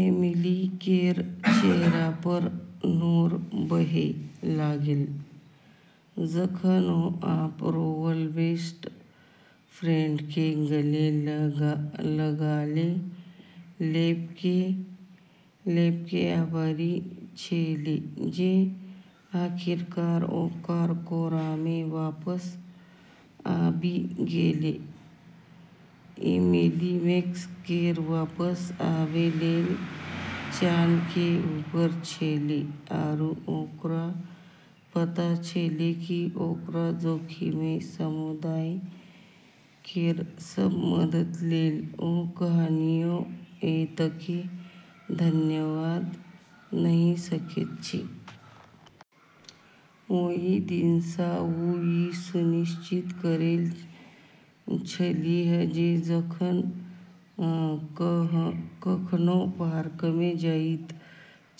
Emily केर चेहरापर नोर बहै लागलै, जखन ओ अपन रोअल बेस्ट फ्रेंडकेँ गले लगाबै लेलकै, आभारी छेलै जे आखिरकार ओकरा कोरामे वापस आबि गेलै। एमिली मैक्स केर वापस आबै लेल चान केर ऊपर छेलै, आरू ओकरा पता छेलै जे ओकरा खोजैमे समुदाय केर सभ मदद लेल ओ कहियो एतेक धन्यवाद नहि दऽ सकैत छै। ओहि दिनसँ ओ ई सुनिश्चित करैत छलीह जे जखन कखनो पार्कमे जाइत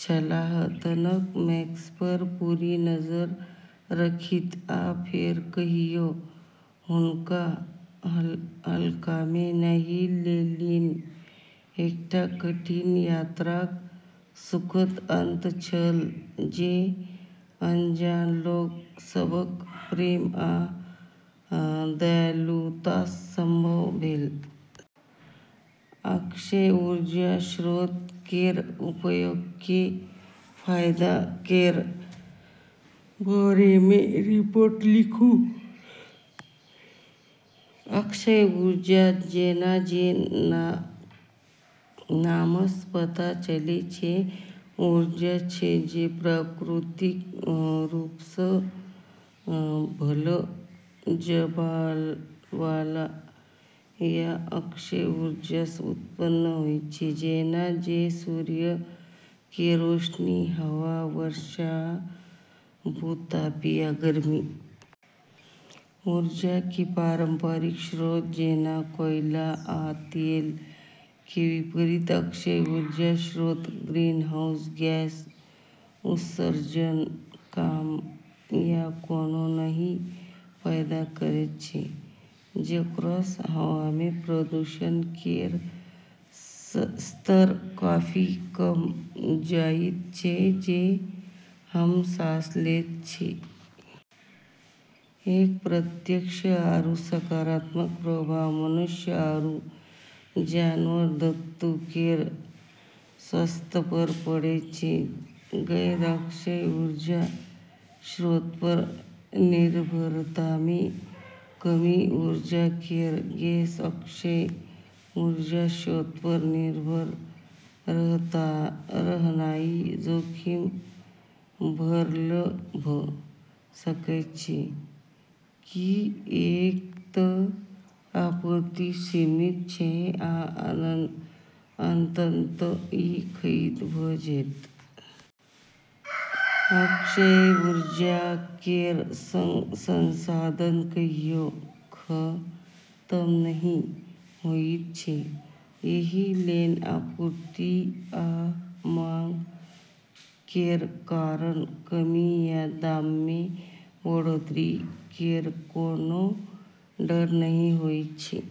छलाह तखन मैक्सपर पूरा नजरि राखथि, आ फेर कहियो हुनका हल्कामे नहि लेलनि। एकटा कठिन यात्राक सुखद अंत छल, जे अनजान लोक सभक प्रेम आ दयालुतासँ संभव भेल। अक्षय ऊर्जा स्रोत केर उपयोग केर फायदा केर बारेमे रिपोर्ट लिखू। अक्षय ऊर्जा, जेना जे नामसँ पता चलैत छै, ऊर्जा छै जे प्राकृतिक रूपसँ भरल जाबैवाला, या अक्षय ऊर्जासँ उत्पन्न होइत छै, जेना जे सूर्य केर रोशनी, हवा, वर्षा, आ भू-तापीय गर्मी। ऊर्जा केर पारंपरिक स्रोत, जेना कोयला आ तेल केर विपरीत, अक्षय ऊर्जा स्रोत ग्रीनहाउस गैस उत्सर्जन कम या कोनो नहि पैदा करैत छै, जेकरासँ हवामे प्रदूषण केर स्तर काफी कम भऽ जाइत छै जे हम सांस लैत छी। एकर प्रत्यक्ष आरू सकारात्मक प्रभाव मनुष्य आरू जनावर दूनू केर स्वास्थ्यपर पड़ैत छै। गैर-अक्षय ऊर्जा स्रोतपर निर्भरतामे कमी: ऊर्जा केर गैर-अक्षय ऊर्जा स्रोतपर निर्भर रहनाइ जोखिम भरल भऽ सकैत छै, किऐक तऽ आपूर्ति सीमित छै आ अंततः ई खतम भऽ जेतै। अक्षय ऊर्जा केर संग संसाधन कहियो खतम नहि होइत छै, एहि लेल आपूर्ति आ माँग केर कारण कमी या दाममे बढ़ोतरी केर कोनो डर नहि होइत छै।